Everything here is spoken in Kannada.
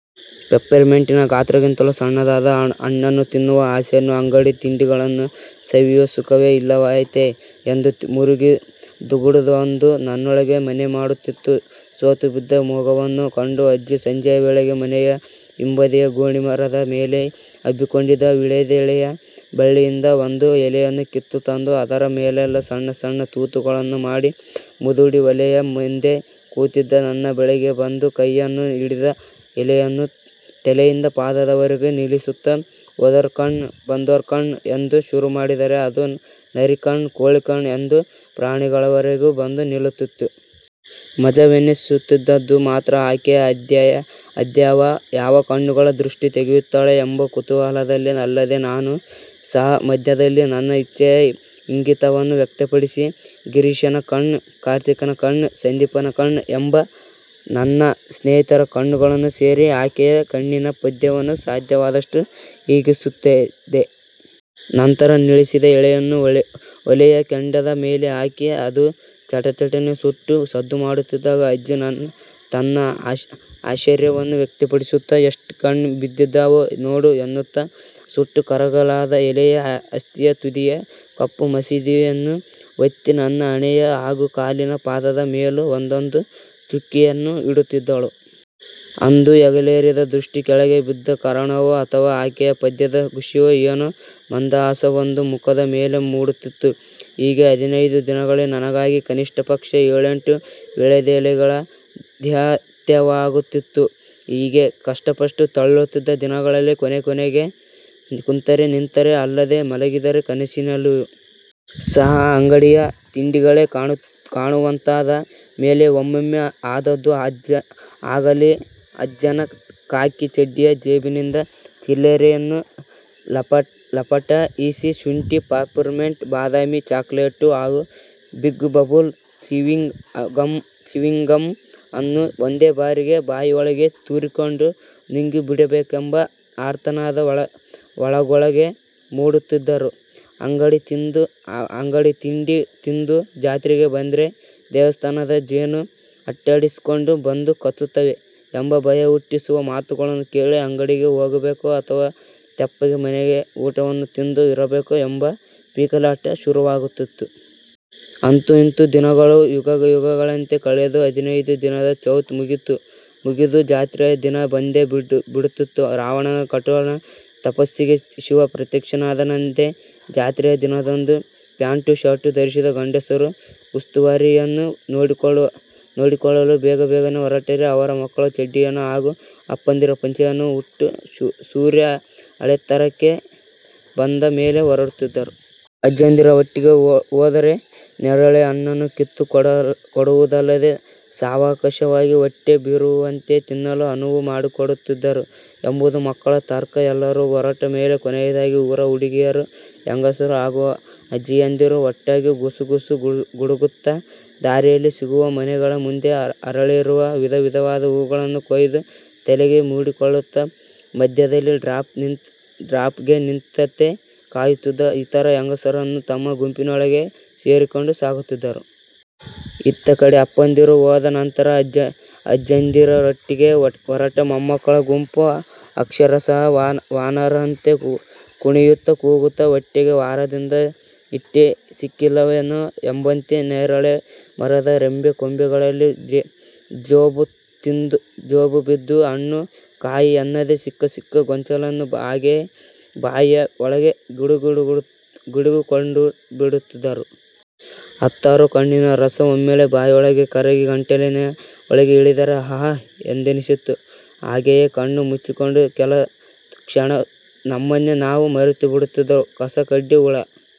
ಪೆಪ್ಪೆರ್ಮೆಂಟಿನ ಗಾತ್ರಕ್ಕಿಂತಲೂ ಸಣ್ಣದಾದಾ ಹಣ್ಣನು ತಿನ್ನುವ ಆಸೆಯಲ್ಲಿ ಅಂಗಡಿ ತಿಂಡಿಗಳನ್ನು ಸವಿಯುವ ಸುಖವೇ ಇಲ್ಲವಾಯಿತೆ' ಎಂದು ಮರುಗಿ ಧುಗುಡವೊಂದು ನನ್ನೊಳಗೆ ಮನೆಮಾಡುತಿತ್ತು. ಸೋತು ಬಿದ್ದ ಮೊಗವನ್ನು ಕಂಡು ಅಜ್ಜಿ, ಸಂಜೆಯ ವೇಳೆಗೆ ಮನೆಯ ಹಿಂಬದಿಯ ಗೋಣಿಮರದ ಮೇಲೆ ಹಬ್ಬಿಕೊಂಡಿದ್ದ ವೀಳೇದೆಲೆಯ ಬಳ್ಳಿಯಿಂದ ಒಂದು ಎಲೆಯನ್ನು ಕಿತ್ತು ತಂದು ಅದರ ಮೇಲೆಲ್ಲಾ ಸಣ್ಣ ಸಣ್ಣ ತೂತುಗಳನ್ನು ಮಾಡಿ, ಮುದುಡಿ ಒಲೆಯ ಮುಂದೆ ಕೂತಿದ್ದ ನನ್ನ ಬಳಿಗೆ ಬಂದು, ಕೈಯಲ್ಲಿ ಹಿಡಿದ ಎಲೆಯನ್ನು ತಲೆಯಿಂದ ಪಾದದವರೆಗೂ ನೀಳಿಸುತ್ತಾ 'ಹೋದೋರ್ ಕಣ್ಣ್, ಬಂದೋರ್ ಕಣ್ಣ್,' ಎಂದು ಶುರುಮಾಡಿದರೆ ಅದು 'ನರಿ ಕಣ್ಣ್, ಕೋಳಿ ಕಣ್ಣ್' ಎಂದು ಪ್ರಾಣಿಗಳವೆರೆಗೂ ಬಂದು ನಿಲ್ಲುತಿತ್ತು. ಮಜವೆನ್ನಿಸುತಿದ್ದದ್ದು ಮಾತ್ರ ಆಕೆ ಅದ್ಯಾವ ಯಾವ ಕಣ್ಣುಗಳ ದೃಷ್ಟಿ ತೆಗೆಯುತ್ತಾಳೆ ಎಂಬ ಕುತೂಹಲದಲ್ಲೇ. ಅಲ್ಲದೆ ನಾನು ಸಹ ಮದ್ಯದಲ್ಲಿ ನನ್ನ ಇಚ್ಛೆಯ ಇಂಗಿತವನ್ನು ವ್ಯಕ್ತಪಡಿಸಿ 'ಗಿರೀಶನ ಕಣ್ಣ್, ಕಾರ್ತಿಕನ ಕಣ್ಣ್, ಸಂದೀಪನ ಕಣ್ಣ್' ಎಂಬ ನನ್ನ ಸ್ನೇಹಿತರ ಕಣ್ಣುಗಳನ್ನೂ ಸೇರಿಸಿ ಆಕೆಯ ಕಣ್ಣಿನ ಪದ್ಯವನ್ನು ಸಾಧ್ಯವಾದಷ್ಟು ಹಿಗ್ಗಿಸುತ್ತಿದ್ದೆ. ನಂತರ ನೀಳಿಸಿದ ಎಲೆಯನ್ನು ಒಲೆಯ ಕೆಂಡದ ಮೇಲೆ ಹಾಕಿ ಅದು ಚಟ ಚಟನೆ ಸುಟ್ಟು ಸದ್ದುಮಾಡುತಿದ್ದಾಗ ಅಜ್ಜಿ ತನ್ನ ಆಶ್ಚರ್ಯವನ್ನು ವ್ಯಕ್ತಪಡಿಸುತ್ತಾ 'ಎಷ್ಟ್ ಕಣ್ಣ್ ಬಿದ್ದಿದಾವೆ ನೋಡು' ಎನ್ನುತ ಸುಟ್ಟು ಕರಕಲಾಗ ಎಲೆಯ ಅಸ್ತಿಯ ತುದಿಯ ಕಪ್ಪು ಮಸಿಯನ್ನು ಒತ್ತಿ ನನ್ನ ಹಣೆಯ ಹಾಗು ಕಾಲಿನ ಪಾದದ ಮೇಲೂ ಒಂದೊಂದು ಚುಕ್ಕೆಯನ್ನು ಹಿಡುತಿದ್ದಳು. ಅದು ಹೆಗಲೇರಿದ ದೃಷ್ಟಿ ಕೆಳಗೆ ಬಿದ್ದ ಕಾರಣವೋ ಅಥವಾ ಆಕೆಯ ಪದ್ಯದ ಖುಷಿಯೋ ಏನೋ ಮಂದಹಾಸವೊಂದು ಮುಖದ ಮೇಲೆ ಮೂಡುತಿತ್ತು. ಹೀಗೆ ಹದಿನೈದು ದಿನಗಳಲ್ಲಿ ನನಗಾಗಿ ಕನಿಷ್ಠಪಕ್ಷ ಏಳೆಂಟು ವೀಳೇದೆಲೆಗಳ ದೇಹತ್ಯಾಗವಾಗುತಿತ್ತು. ಹೀಗೆ ಕಷ್ಟಪಟ್ಟು ತಳ್ಳುತ್ತಿದ್ದ ದಿನಗಳಲ್ಲಿ ಕೊನೆಕೊನೆಗೆ ಕುಂತರೆ, ನಿಂತರೆ, ಅಲ್ಲದೆ ಮಲಗಿದರೆ ಕನಸ್ಸಿನಲ್ಲಿಯೂ ಸಹ ಅಂಗಡಿಯ ತಿಂಡಿಗಳೇ ಕಾಣುವಂತಾದ ಮೇಲೆ ಒಮ್ಮೊಮ್ಮೆ ಆದದ್ದು ಆಗಲಿ ಅಜ್ಜನ ಖಾಕಿ ಚಡ್ಡಿಯ ಜೇಬಿನಿಂದ ಚಿಲ್ಲರೆಯನ್ನು ಲಪಟಾಯಿಸಿ ಶುಂಠಿ ಪಾಪೆರ್ಮೆನ್ಟ್, ಬಾದಾಮಿ ಚಾಕಲೇಟು ಹಾಗು ಬಿಗ್ ಬಬೂಲ್ ಚೀವಿಂಗ್ ಗಮ್ ಅನ್ನು ಒಂದೇ ಬಾರಿಗೆ ಬಾಯಿಯೊಳಗೆ ತೂರಿಕೊಂಡು ನುಂಗಿಬಿಡಬೇಕೆಂಬ ಆರ್ತನಾದ ಒಳಗೊಳಗೇ ಮೂಡುತಿದ್ದರೂ 'ಅಂಗಡಿ ತಿಂಡಿ ತಿಂದು ಜಾತ್ರೆಗೆ ಬಂದ್ರೆ ದೇವಸ್ಥಾನದ ಜೇನು ಅಟ್ಟಾಡಿಸ್ಕೊಂಡು ಬಂದು ಕಚ್ಚುತ್ತವೆ' ಎಂಬ ಭಯಹುಟ್ಟಿಸುವ ಮಾತುಗಳನ್ನು ಕೇಳಿ ಅಂಗಡಿಗೆ ಹೋಗಬೇಕೋ ಅಥವಾ ತೆಪ್ಪಗೆ ಮನೆಯ ಊಟವನ್ನು ತಿಂದು ಇರಬೇಕೋ ಎಂಬ ಪೀಕಲಾಟ ಶುರುವಾಗುತ್ತಿತ್ತು. ಅಂತೂ ಇಂತೂ ದಿನಗಳು ಯುಗಗಳಂತೆ ಕಳೆದು ಹದಿನೈದು ದಿನದ ಚೌತ ಮುಗಿದು ಜಾತ್ರೆಯ ದಿನ ಬಂದೇ ಬಿಡುತಿತ್ತು. ರಾವಣನ ಕಠೋರ ತಪಸ್ಸಿಗೆ ಶಿವ ಪ್ರತ್ಯಕ್ಷನಾದದಂತೆ. ಜಾತ್ರೆಯ ದಿನದಂದು ಪ್ಯಾಂಟು ಶರ್ಟು ಧರಿಸಿದ ಗಂಡಸರು ಉಸ್ತುವಾರಿಯನ್ನು ನೋಡಿಕೊಳ್ಳಲು ಬೇಗ ಬೇಗನೆ ಹೊರಟರೆ ಅವರ ಮಕ್ಕಳು ಚಡ್ಡಿಯನ್ನು ಹಾಗು ಅಪ್ಪಂದಿರು ಪಂಚೆಯನ್ನು ಉಟ್ಟು ಸೂರ್ಯ ಆಳೆತ್ತರಕ್ಕೆ ಬಂದ ಮೇಲೆ ಹೊರಡುತ್ತಿದ್ದರು. ಅಜ್ಜಂದಿರ ಒಟ್ಟಿಗೆ ಹೋದರೆ ನೇರಳೆ ಹಣ್ಣನ್ನು ಕಿತ್ತು ಕೊಡುವುದಲ್ಲದೆ ಸಾವಕಾಶವಾಗಿ ಹೊಟ್ಟೆ ಬಿರಿಯುವಂತೆ ತಿನ್ನಲು ಅನುವು ಮಾಡಿಕೊಡುತಿದ್ದರು ಎಂಬುದು ಮಕ್ಕಳ ತರ್ಕ. ಎಲ್ಲರು ಹೊರಟ ಮೇಲೆ ಕೊನೆಯದಾಗಿ ಊರ ಹುಡುಗಿಯರು, ಹೆಂಗಸರು ಹಾಗು ಅಜ್ಜಿಯಂದಿರು ಒಟ್ಟಾಗಿ ಗುಸು ಗುಸು ಗುಡುತ್ತಾ ದಾರಿಯಲ್ಲಿ ಸಿಗುವ ಮನೆಗಳ ಮುಂದೆ ಅರಳಿರುವ ವಿಧ ವಿಧವಾದ ಹೂವುಗಳನ್ನು ಕೂಯ್ದು ತಲೆಗೆ ಮುಡಿದುಕೊಳ್ಳುತ್ತಾ, ಮದ್ಯದಲ್ಲಿ ಡ್ರಾಪ್ ಗೆ ನಿಂತಂತೆ ಕಾಯುತ್ತಿದ್ದ ಇತರ ಹೆಂಗಸರನ್ನೂ ತಮ್ಮ ಗುಂಪಿನೊಳಗೆ ಸೇರಿಸಿಕೊಂಡು ಸಾಗುತಿದ್ದರು. ಇತ್ತ ಕಡೆ ಅಪ್ಪಂದಿರು ಹೋದ ನಂತರ ಅಜ್ಜಂದಿರೊಟ್ಟಿಗೆ ಹೊರಟ ಮೊಮ್ಮಕಳ ಗುಂಪು ಅಕ್ಷರ ಸಹ ವಾನರರಂತೆ ಕುಣಿಯುತ್ತಾ, ಕೂಗುತ್ತ, ಹೊಟ್ಟೆಗೆ ವಾರದಿಂದ ಹಿಟ್ಟೇ ಸಿಕ್ಕಿಲ್ಲವೇನೋ ಎಂಬಂತೆ ನೆರೆಲೆ ಮರದ ರೆಂಬೆ ಕೊಂಬೆ ಗಳಲ್ಲಿ ಜೋತುಬಿದ್ದು ಹಣ್ಣು, ಕಾಯಿ ಎನ್ನದೆ ಸಿಕ್ಕ ಸಿಕ್ಕ ಗೊಂಚಲನ್ನು ಹಾಗೆಯೆ ಬಾಯಿಯ ಒಳಗೆ ಗಿಡುಗಿಕೊಂಡುಬಿಡುತ್ತಿದ್ದರು. ಹತ್ತಾರು ಹಣ್ಣಿನ ರಸ ಒಮ್ಮೆಲೇ ಬಾಯೊಳಗೆ ಕರಗಿ ಗಂಟಲಿನ ಒಳಗೆ ಇಳಿದರೆ ಆಹಾ! ಎಂದನಿಸಿ ಹಾಗೆಯೆ ಕಣ್ಣು ಮುಚ್ಚಿಕೊಂಡು ಕೆಲ ಕ್ಷಣ ನಮ್ಮನ್ನೇ ನಾವು ಮರೆತುಬಿಡುತ್ತಿದ್ದರು.'ಕಸ-ಕಡ್ಡಿ, ಉಳ